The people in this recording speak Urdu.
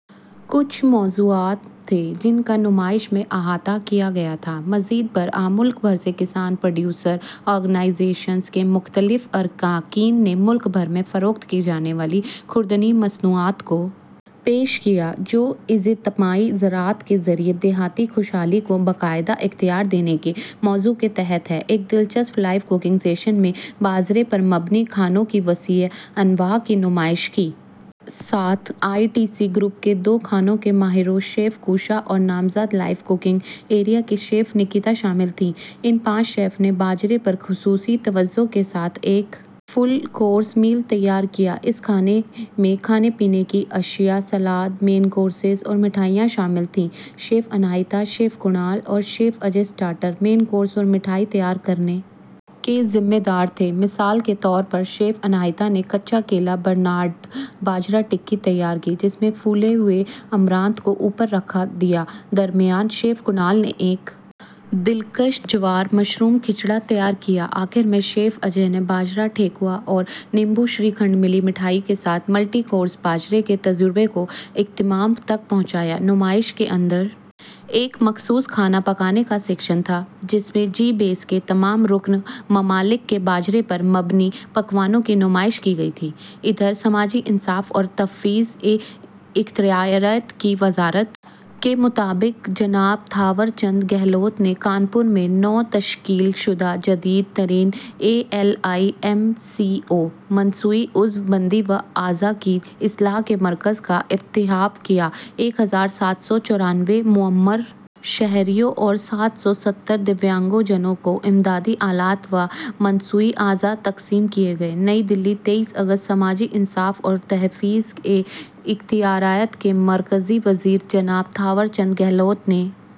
کچھ موضوعات تھے جن کا نمائش میں احاطہ کیا گیا تھا مزید برآں ملک بھر سے کسان پروڈیوسر آرگنائزیشنز کے متنوع اراکین نے ملک بھر میں فروخت کی جانے والی خوردنی مصنوعات کو پیش کیا جو اجتماعی زراعت کے ذریعے دیہی خوشحالی کو بااختیار بنانا کے موضوع کے تحت ہیں ایک دلچسپ لائیو ککنگ سیشن میں باجرے پر مبنی کھانوں کی وسیع اقسام کی نمائش کی ساتھ آئی ٹی سی گروپ کے دو کھانوں کے ماہرین شیف کوشا اور نامزد لائیو ککنگ ایریا کے شیف نیکیتا شامل تھیں ان پانچ شیف نے باجرے پر خصوصی توجہ کے ساتھ ایک فل کورس میل تیار کیا اس کھانے میں کھانے پینے کی اشیا سلاد مین کورسز اور مٹھائیاں شامل تھیں شیف اناہیتا شیف کنال اور chef Ajay starter main course اور مٹھائی تیار کرنے کے ذمہ دار تھے مثال کے طور پر شیف اناہیتا نے کچا کیلا برنارڈ باجرا ٹکی تیار کی جس میں پھولے ہوئے امرانتھ کو اوپر رکھا گیا دریں اثنا شیف کنال نے ایک دلکش جوار مشروم کھچڑا تیار کیا آخر میں شیف اجے نے باجرا ٹھیکوا اور لیموں شری کھنڈ ملی مٹھائی کے ساتھ ملٹی کورس باجرے کے تجربے کو اختتام تک پہنچایا نمائش کے اندر ایک مخصوص کھانا پکانے کا سیکشن تھا جس میں جی بیس کے تمام رکن ممالک کے باجرے پر مبنی پکوانوں کی نمائش کی گئی تھی ادھر سماجی انصاف اور تفویض اختیارات کی وزارت کے مطابق جناب تھاور چند گہلوت نے کانپور میں نو تشکیل شدہ جدید ترین ایلمکو مصنوعی عضو بندی و اعضا کی اصلاح کے مرکز کا افتتاح کیا ایک ہزار سات سو چورانوے معمر شہریوں اور سات سو ستر دویانگ جنوں کو امدادی آلات و مصنوعی اعضا تقسیم کیے گئے نئی دہلی تئیس اگست سماجی انصاف اور تفویض اختیارات کے مرکزی وزیر جناب تھاور چند گہلوت نے